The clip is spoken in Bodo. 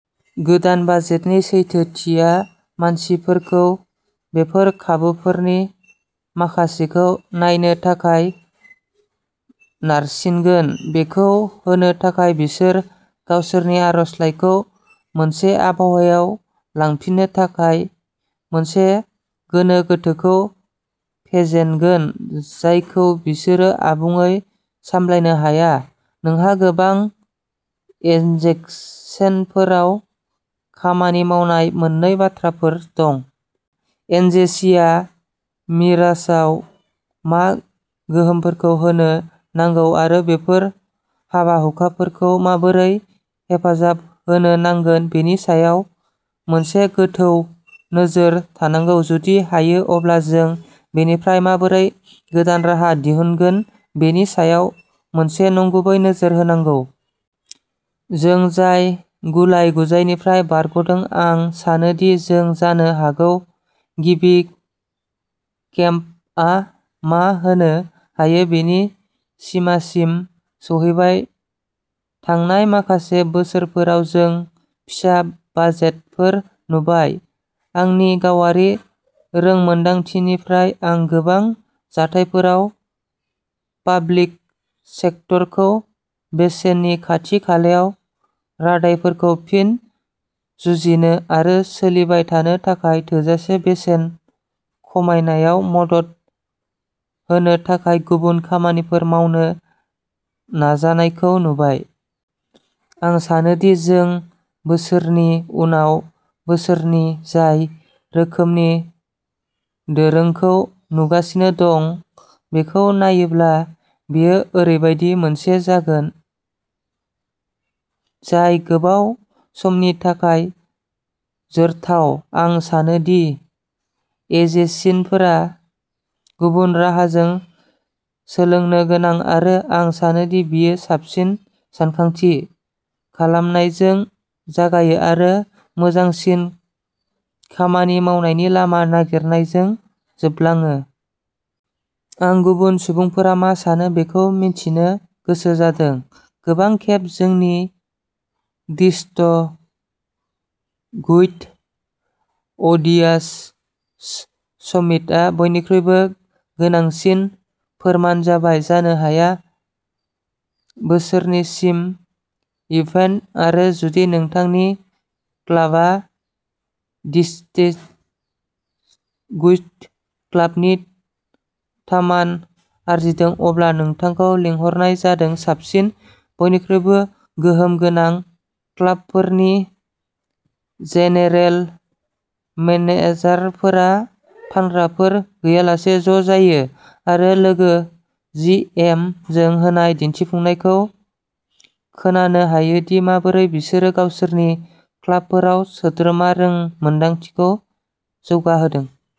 गोदान बाजेटनि सैथोथिया मानसिफोरखौ बेफोर खाबुफोरनि माखासेखौ नायनो थाखाय नारसिनगोन। बेखौ होनो थाखाय, बिसोर गावसोरनि आर'जलाइखौ मोनसे आबहावायाव लांफिननो थाखाय मोनसे गोनो गोथोखौ फेजेननांगोन जायखौ बिसोरो आबुङै सामलायनो हाया। नोंहा गोबां एजेन्सिफोराव खामानि मावनाय मोन्नै बाथ्राफोर दं। एजेन्सिआ मिशनआव मा गोहोफोरखौ होनो नांगौ आरो बैफोर हाबा-हुखाफोरखौ माबोरै हेफाजाब होनो नांगौ, बेनि सायाव मोनसे गोथौ नोजोर थानांगौ। जुदि हायो, अब्ला जों बेनिफ्राय माबोरै गोदान राहा दिहुनगोन बेनि सायाव मोनसे नंगुबै नोजोर होनांगौ। जों जाय गुलाय-गुजायनिफ्राय बारग'दों। आं सानो दि जों जानो हागौ गिबि केम्पआ मा होनो हायो बेनि सिमासिम सौहैबाय। थांनाय माखासे बोसोरफोराव जों फिसा बाजेटफोर नुबाय। आंनि गावारि रोंमोनदांथिनिफ्राय आं गोबां जाथायफोराव पाब्लिक सेक्टरखौ बेसेननि खाथि-खालायाव रादायफोरखौ फिन जुजिनो आरो सोलिबाय थानो थाखाय थोजासे बेसेन खमायनायाव मदद होनो थाखाय गुबुन खामानिफोर मावनो नाजानायखौ नुबाय। आं सानो दि जों बोसोरनि उनाव बोसोरनि जाय रोखोमनि दोरोंखौ नुगासिनो दं बेखौ नायोब्ला बेयो ओरैबायदि मोनसे जागोन जाय गोबाव समनि थाखाय जोरथाव। आं सानो दि एजेन्सिफोरा गुबुन राहाजों सोलोंनो गोनां आरो आं सानो दि बेयो साबसिन सानथांखि खालामनायजों जागायो आरो मोजांसिन खामानि मावनायनि लामा नागिरनायजों जोबलाङो। आं गुबुन सुबुंफोरा मा सानो बेखौ मिथिनो गोसो जादों। गोबां खेब, जोंनि डिस्टिंगुइश्ड आइडियाज समिटआ बयनिख्रुइबो गोनांसिन फोरमान जाबाय, जानो हाया। बोसोरनि मिस इभेन्ट, आरो जुदि नोंथांनि क्लाबआ डिस्टिंगुइश्ड क्लाबनि थामान आरजिदों, अब्ला नोंथांखौ लिंहरनाय जादों साबसिन, बयनिख्रुइबो गोहोम गोनां क्लाबफोरनि जेनेरेल मेनेजारफोरा फानग्राफोर गैयालासे ज'जायो आरो लोगो जि एम जों होनाय दिन्थिफुंनायखौ खोनानो हायो दि माबोरै बिसोरो गावसोरनि क्लाबफोराव सोद्रोमा रोंमोनदांथिखौ जौगाहोदों।